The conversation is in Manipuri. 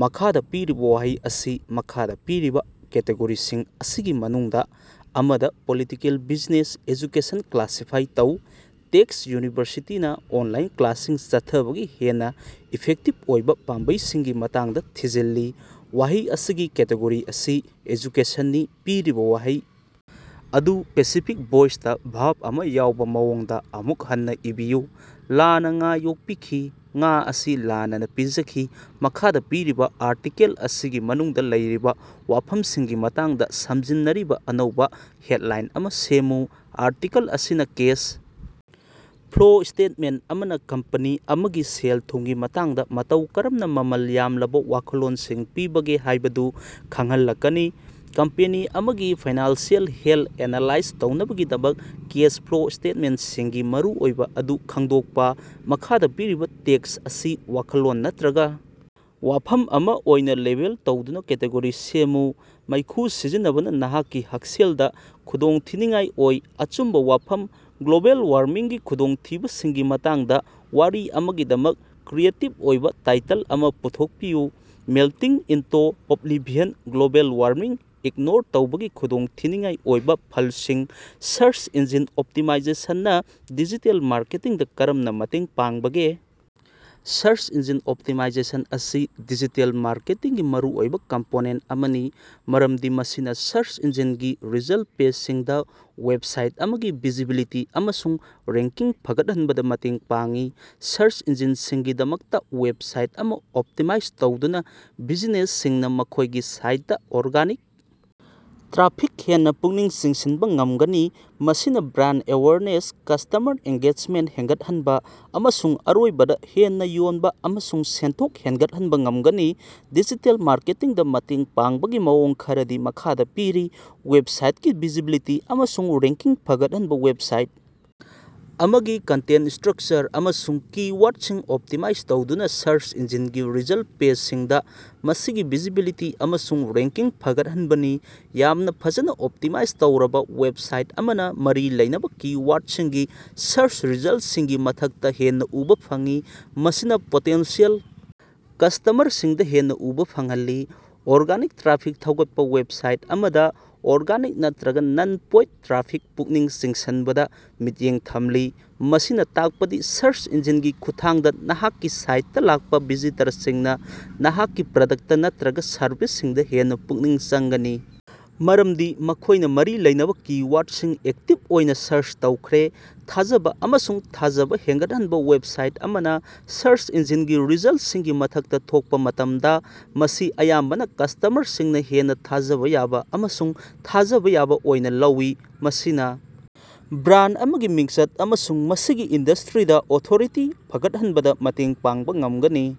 ꯃꯈꯥꯗ ꯄꯤꯔꯤꯕ ꯋꯥꯍꯩ ꯑꯁꯤ ꯃꯈꯥꯗ ꯄꯤꯔꯤꯕ ꯀꯦꯇꯦꯒꯣꯔꯤꯁꯤꯡ ꯑꯁꯤꯒꯤ ꯃꯅꯨꯡꯗ ꯑꯃꯗ (ꯄꯣꯂꯤꯇꯤꯀꯦꯜ, ꯕꯤꯖꯤꯅꯦꯁ, ꯑꯦꯖꯨꯀꯦꯁꯟ) ꯀ꯭ꯂꯥꯁꯤꯐꯥꯏ ꯇꯧ꯫ ꯇꯦꯛꯁ ꯌꯨꯅꯤꯚꯔꯁꯤꯇꯤꯅꯥ ꯑꯣꯅꯂꯥꯏꯟ ꯀ꯭ꯂꯥꯁꯁꯤꯡ ꯆꯠꯊꯕꯒꯤ ꯍꯦꯟꯅ ꯏꯐꯦꯛꯇꯤꯕ ꯑꯣꯏꯕ ꯄꯥꯝꯕꯩꯁꯤꯡꯒꯤ ꯃꯇꯥꯡꯗ ꯊꯤꯖꯤꯜꯂꯤ꯫ ꯋꯥꯍꯩ ꯑꯁꯤꯒꯤ ꯀꯦꯇꯦꯒꯣꯔꯤ ꯑꯁꯤ ꯑꯦꯖꯨꯀꯦꯁꯟꯅꯤ꯫ ꯄꯤꯔꯤꯕ ꯋꯥꯍꯩ ꯑꯗꯨ ꯄꯦꯁꯤꯐꯤꯛ ꯚꯣꯏꯁꯇ ꯕꯔꯕ ꯑꯃ ꯌꯥꯎꯕꯥ ꯃꯑꯣꯡꯗꯥ ꯑꯃꯨꯛ ꯍꯟꯅꯥ ꯏꯕꯤꯌꯨ꯫ ꯂꯥꯅꯥ ꯉꯥ ꯌꯣꯛꯄꯤꯈꯤ꯫ ꯉꯥ ꯑꯁꯤ ꯂꯥꯅꯥꯅ ꯄꯤꯖꯈꯤ꯫ ꯃꯈꯥꯗ ꯄꯤꯔꯤꯕ ꯑꯥꯔꯇꯤꯀꯦꯜ ꯑꯁꯤꯒꯤ ꯃꯅꯨꯡꯗꯥ ꯂꯩꯔꯤꯕꯥ ꯋꯥꯐꯝꯁꯤꯡꯒꯤ ꯃꯇꯥꯡꯗ ꯁꯝꯖꯤꯟꯅꯔꯤꯕ ꯑꯅꯧꯕ ꯍꯦꯗꯂꯥꯏꯟ ꯑꯃ ꯁꯦꯝꯃꯨ꯫ ꯑꯥꯔꯇꯤꯀꯜ ꯑꯁꯤꯅ ꯀꯦꯁ ꯐ꯭ꯂꯣ ꯁ꯭ꯇꯦꯇꯃꯦꯟꯇ ꯑꯃꯅ ꯀꯝꯄꯅꯤ ꯑꯃꯒꯤ ꯁꯦꯜ-ꯊꯨꯝꯒꯤ ꯃꯇꯥꯡꯗ ꯃꯇꯧ ꯀꯔꯝꯅ ꯃꯃꯜ ꯌꯥꯝꯂꯕ ꯋꯥꯈꯜꯂꯣꯟꯁꯤꯡ ꯄꯤꯕꯒꯦ ꯍꯥꯏꯕꯗꯨ ꯈꯪꯍꯜꯂꯛꯀꯅꯤ꯫ ꯀꯝꯄꯦꯅꯤ ꯑꯃꯒꯤ ꯐꯥꯏꯅꯥꯟꯁꯤꯑꯦꯜ ꯍꯦꯜꯊ ꯑꯦꯅꯥꯂꯥꯏꯖ ꯇꯧꯅꯕꯒꯤꯗꯃꯛ ꯀꯦꯁ ꯐ꯭ꯂꯣ ꯁ꯭ꯇꯦꯇꯃꯦꯟꯇꯁꯤꯡꯒꯤ ꯃꯔꯨꯑꯣꯏꯕ ꯑꯗꯨ ꯈꯪꯗꯣꯛꯄꯥ꯫ ꯃꯈꯥꯗ ꯄꯤꯔꯤꯕ ꯇꯦꯛꯁ ꯑꯁꯤ ꯋꯥꯈꯜꯂꯣꯟ ꯅꯠꯇꯔꯒ ꯋꯥꯐꯝ ꯑꯃ ꯑꯣꯏꯅ ꯂꯦꯕꯦꯜ ꯇꯧꯗꯨꯅ ꯀꯦꯇꯦꯒꯣꯔꯤ ꯁꯦꯝꯃꯨ꯫ ꯃꯩꯈꯨ ꯁꯤꯖꯤꯟꯅꯕꯅ ꯅꯍꯥꯛꯀꯤ ꯍꯛꯁꯦꯜꯗꯥ ꯈꯨꯗꯣꯡꯊꯤꯅꯤꯉꯥꯏ ꯑꯣꯏ꯫ ꯑꯆꯨꯝꯕ ꯋꯥꯐꯝ ꯒ꯭ꯂꯣꯕꯦꯜ ꯋꯥꯔꯃꯤꯡꯒꯤ ꯈꯨꯗꯣꯡꯊꯤꯕꯁꯤꯡꯒꯤ ꯃꯇꯥꯡꯗ ꯋꯥꯔꯤ ꯑꯃꯒꯤꯗꯃꯛ ꯀ꯭ꯔꯤꯌꯦꯇꯤꯕ ꯑꯣꯏꯕ ꯇꯥꯏꯇꯜ ꯑꯃ ꯄꯨꯊꯣꯛꯄꯤꯌꯨ꯫ Melting into oblivion global warming ignore ꯇꯧꯕꯒꯤ ꯈꯨꯗꯣꯡꯊꯤꯅꯤꯡꯉꯥꯏ ꯑꯣꯏꯕ ꯐꯂꯁꯤꯡ꯫ ꯁꯔꯆ ꯏꯟꯖꯤꯟ ꯑꯣꯞꯇꯤꯃꯥꯏꯖꯦꯁꯟ ꯅ ꯗꯤꯖꯤꯇꯦꯜ ꯃꯥꯔꯀꯦꯇꯤꯡꯗ ꯀꯔꯝꯅ ꯃꯇꯦꯡ ꯄꯥꯡꯕꯒꯦ? ꯁꯔꯆ ꯏꯟꯖꯤꯟ ꯑꯣꯞꯇꯤꯃꯥꯏꯖꯦꯁꯟ ꯑꯁꯤ ꯗꯤꯖꯤꯇꯦꯜ ꯃꯥꯔꯀꯦꯇꯤꯡꯒꯤ ꯃꯔꯨꯑꯣꯏꯕ ꯀꯝꯄꯣꯅꯦꯟꯇ ꯑꯃꯅꯤ ꯃꯔꯝꯗꯤ ꯃꯁꯤꯅ ꯁꯔꯆ ꯏꯟꯖꯤꯅꯒꯤ ꯔꯤꯖꯜꯇ ꯄꯦꯖꯁꯤꯡꯗ ꯋꯦꯕꯁꯥꯏꯠ ꯑꯃꯒꯤ ꯚꯤꯖꯤꯕꯤꯂꯤꯇꯤ ꯑꯃꯁꯨꯡ ꯔꯦꯡꯀꯤꯡ ꯐꯒꯠꯍꯟꯕꯗ ꯃꯇꯦꯡ ꯄꯥꯡꯏ꯫ ꯁꯔꯆ ꯏꯟꯖꯤꯅꯁꯤꯡꯒꯤꯗꯃꯛꯇ ꯋꯦꯕꯁꯥꯏꯠ ꯑꯃ ꯑꯣꯞꯇꯤꯃꯥꯏꯖ ꯇꯧꯗꯨꯅ, ꯕꯤꯖꯤꯅꯦꯁꯁꯤꯡꯅꯥ ꯃꯈꯣꯏꯒꯤ ꯁꯥꯏꯠꯇ ꯑꯣꯔꯒꯥꯅꯤꯛ ꯇ꯭ꯔꯥꯐꯤꯛ ꯍꯦꯟꯅ ꯄꯨꯛꯅꯤꯡ ꯆꯤꯡꯁꯤꯟꯕ ꯉꯝꯒꯅꯤ, ꯃꯁꯤꯅ ꯕ꯭ꯔꯥꯟꯗ ꯑꯦꯋꯦꯌꯔꯅꯦꯁ, ꯀꯁ꯭ꯇꯃꯔ ꯑꯦꯉ꯭ꯒꯦꯖꯃꯦꯟꯇ ꯍꯦꯟꯒꯠꯍꯟꯕꯥ, ꯑꯃꯁꯨꯡ ꯑꯔꯣꯏꯕꯗꯥ, ꯍꯦꯟꯅꯥ ꯌꯣꯅꯕꯥ ꯑꯃꯁꯨꯡ ꯁꯦꯟꯊꯣꯛ ꯍꯦꯟꯒꯠꯍꯟꯕꯥ ꯉꯝꯒꯅꯤ꯫ ꯗꯤꯖꯤꯇꯦꯜ ꯃꯥꯔꯀꯦꯇꯤꯡꯗꯥ ꯃꯇꯦꯡ ꯄꯥꯡꯕꯒꯤ ꯃꯑꯣꯡ ꯈꯔꯗꯤ ꯃꯈꯥꯗꯥ ꯄꯤꯔꯤ ꯋꯦꯕꯁꯥꯏꯇꯀꯤ ꯚꯤꯖꯤꯕꯤꯂꯤꯇꯤ ꯑꯃꯁꯨꯡ ꯔꯦꯡꯀꯤꯡ ꯐꯒꯠꯍꯟꯕ ꯋꯦꯕꯁꯥꯏꯠ ꯑꯃꯒꯤ ꯀꯟꯇꯦꯟꯇ, ꯁ꯭ꯠꯔꯀꯆꯔ ꯑꯃꯁꯨꯡ ꯀꯤ-ꯋꯥꯔꯗꯁꯤꯡ ꯑꯣꯞꯇꯤꯃꯥꯏꯖ ꯇꯧꯗꯨꯅꯥ ꯁꯔꯆ ꯏꯟꯖꯤꯅꯒꯤ ꯔꯤꯖꯜꯇ ꯄꯦꯖꯁꯤꯡꯗꯥ ꯃꯁꯤꯒꯤ ꯚꯤꯖꯤꯕꯤꯂꯤꯇꯤ ꯑꯃꯁꯨꯡ ꯔꯦꯡꯀꯤꯡ ꯐꯒꯠꯍꯟꯕꯅꯤ꯫ ꯌꯥꯝꯅ ꯐꯖꯅ ꯑꯣꯞꯇꯤꯃꯥꯏꯖ ꯇꯧꯔꯕ ꯋꯦꯕꯁꯥꯏꯠ ꯑꯃꯅ ꯃꯔꯤ ꯂꯩꯅꯕꯥ ꯀꯤ-ꯋꯥꯔꯗꯁꯤꯡꯒꯤ ꯁꯥꯔꯆ ꯔꯤꯖꯜꯇꯁꯤꯡꯒꯤ ꯃꯊꯛꯇ ꯍꯦꯟꯅ ꯎꯕꯥ ꯐꯪꯏ꯫ ꯃꯁꯤꯅ ꯄꯣꯇꯦꯟꯁꯤꯌꯦꯜ ꯀꯁ꯭ꯇꯃꯔꯁꯤꯡꯗ ꯍꯦꯟꯅ ꯎꯕ ꯐꯪꯍꯜꯂꯤ꯫ ꯑꯣꯔꯒꯥꯅꯤꯛ ꯇ꯭ꯔꯥꯐꯤꯛ ꯊꯧꯒꯠꯄ ꯋꯦꯕꯁꯥꯏꯠ ꯑꯃꯗ ꯑꯣꯔꯒꯥꯅꯤꯛ, ꯅꯠꯇꯔꯒ ꯅꯟ-ꯄꯦꯏꯗ ꯇ꯭ꯔꯥꯐꯤꯛ ꯄꯨꯛꯅꯤꯡ ꯆꯤꯡꯁꯤꯟꯕꯗ ꯃꯤꯠꯌꯦꯡ ꯊꯝꯂꯤ꯫ ꯃꯁꯤꯅ ꯇꯥꯛꯄꯗꯤ ꯁꯔꯆ ꯏꯟꯖꯤꯟꯒꯤ ꯈꯨꯠꯊꯥꯡꯗ ꯅꯍꯥꯛꯀꯤ ꯁꯥꯏꯇ ꯂꯥꯛꯄ ꯚꯤꯖꯤꯇꯔꯁꯤꯡꯅ ꯅꯍꯥꯛꯀꯤ ꯄ꯭ꯔꯗꯛꯇ ꯅꯠꯇꯔꯒ ꯁꯔꯚꯤꯁꯁꯤꯡꯗ ꯍꯦꯟꯅ ꯄꯨꯛꯅꯤꯡ ꯆꯪꯒꯅꯤ ꯃꯔꯝꯗꯤ ꯃꯈꯣꯏꯅ ꯃꯔꯤ ꯂꯩꯅꯕ ꯀꯤ-ꯋꯥꯔꯗꯁꯤꯡ ꯑꯦꯛꯇꯤꯕ ꯑꯣꯏꯅ ꯁꯥꯔꯆ ꯇꯧꯈ꯭ꯔꯦ꯫ ꯊꯥꯖꯕ ꯑꯃꯁꯨꯡ ꯊꯥꯖꯕ ꯍꯦꯟꯒꯠꯍꯟꯕ ꯋꯦꯕꯁꯥꯏꯠ ꯑꯃꯅ ꯁꯔꯆ ꯏꯟꯖꯤꯟꯒꯤ ꯔꯤꯖꯜꯇꯁꯤꯡꯒꯤ ꯃꯊꯛꯇꯥ ꯊꯣꯛꯄ ꯃꯇꯝꯗ ꯃꯁꯤ ꯑꯌꯥꯝꯕꯅ ꯀꯁ꯭ꯇꯃꯔꯁꯤꯡꯅ ꯍꯦꯟꯅ ꯊꯥꯖꯕ ꯌꯥꯕ ꯑꯃꯁꯨꯡ ꯊꯥꯖꯕ ꯌꯥꯕ ꯑꯣꯏꯅ ꯂꯧꯏ꯫ ꯃꯁꯤꯅ ꯕ꯭ꯔꯥꯟꯗ ꯑꯃꯒꯤ ꯃꯤꯡꯆꯠ ꯑꯃꯁꯨꯡ ꯃꯁꯤꯒꯤ ꯏꯟꯗꯁ꯭ꯠꯔꯤꯗ ꯑꯣꯊꯣꯔꯤꯇꯤ ꯐꯒꯠꯍꯟꯕꯗ ꯃꯇꯦꯡ ꯄꯥꯡꯕ ꯉꯝꯒꯅꯤ꯫